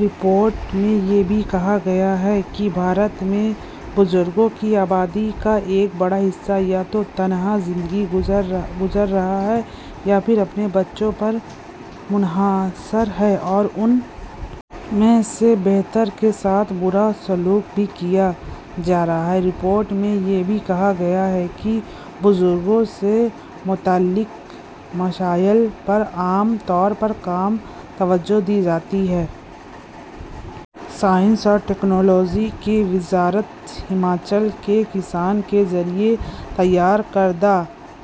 report میں یہ بھی کہا گیا ہے کہ بھارت میں بزرگوں کی آبادی کا ایک بڑا حصہ یا تو تنہا زندگی گزار رہا ہے یا پھر اپنے بچوں پر منحصر ہے اور ان میں سے بیشتر کے ساتھ برا سلوک بھی کیا جا رہا ہے رپورٹ میں یہ بھی کہا گیا ہے کہ بزرگوں سے متعلق مسائل پر عام طور پر کم توجہ دی جاتی ہے سائنس اور ٹیکنالوجی کی وزارت ہماچل کے کسان کے ذریعے تیار کردہ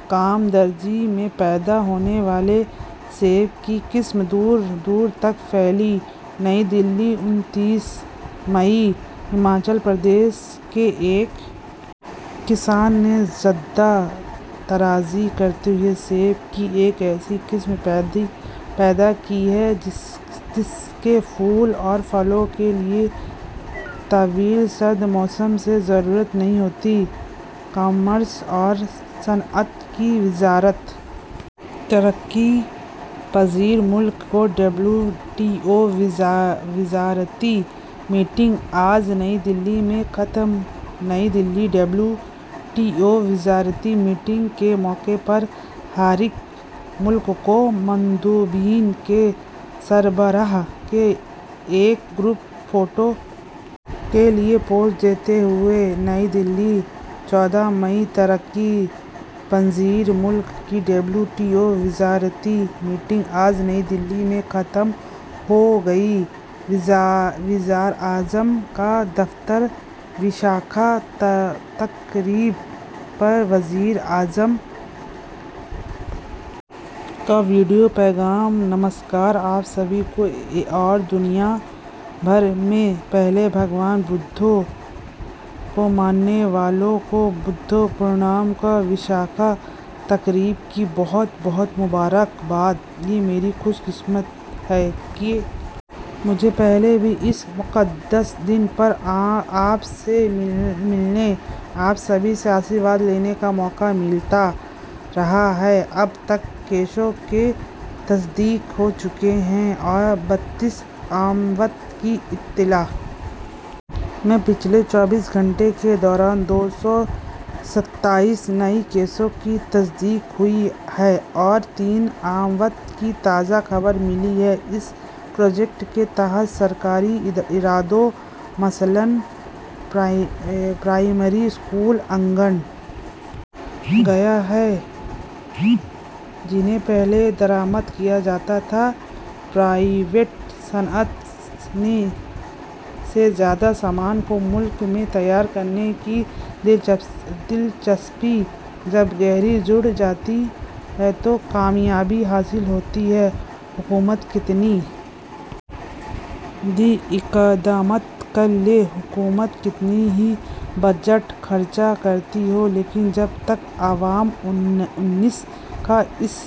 کم سردی میں پیدا ہونے والے سیب کی قسم دور دور تک پھیلی نئی دہلی انتیس مئی ہماچل پردیش کے ایک کسان نے جدت طرازی کرتے ہوئے سیب کی ایک ایسی قسم پیدا کی ہے جس کے پھول اور پھلوں کے لیے طویل سرد موسم کی ضرورت نہیں ہوتی کامرس اور صنعت کی وزارت ترقی پذیر ملکوں کی ڈبلیو ٹی او وزارتی میٹنگ آج نئی دہلی میں ختم New Delhi W T O وزارتی میٹنگ کے موقع پر شریک ملکوں کے مندوبین کے سربراہ ایک گروپ فوٹو کے لیے پوز دیتے ہوئے نئی دہلی چودہ مئی ترقی پذیر ملکوں کی ڈبلیو ٹی او وزارتی میٹنگ آج نئی دہلی میں ختم ہو گئی وزیراعظم کا دفتر ویشاکھ تقریب پر وزیر اعظم کا ویڈیو پیغام نمسکار آپ سبھی کو اور دنیا بھر میں پھیلے بھگوان بدھ کے ماننے والوں کو بدھ پورنیما کی ویشاکھ تقریب کی بہت بہت مبارکباد یہ میری خوش قسمتی ہے کہ مجھے پہلے بھی اس مقدس دن پر آپ سے ملنے آپ سبھی سے آشیرواد لینے کا موقع ملتا رہا ہے اب تک کیسوں کی تصدیق ہو چکی ہے اور بتیس اموات کی اطلاع ہے پچھلے چوبیس گھنٹے کے دوران دو سو ستائیس نئے کیسوں کی تصدیق ہوئی ہے اور تین اموات کی تازہ خبر ملی ہے اس پروجیکٹ کے تحت سرکاری اداروں مثلاً پرائمری اسکولوں آنگن گیا ہے جنہیں پہلے درآمد کیا جاتا تھا پرائیویٹ صنعت نے سے زیادہ سامان کو ملک میں تیار کرنے میں دلچسپی جب گلہری جڑ جاتی ہے تو کامیابی حاصل ہوتی ہے حکومت کتنے ہی اقدامات کر لے حکومت کتنا ہی بجٹ خرچ کرتی ہو لیکن جب تک عوام الناس کا اس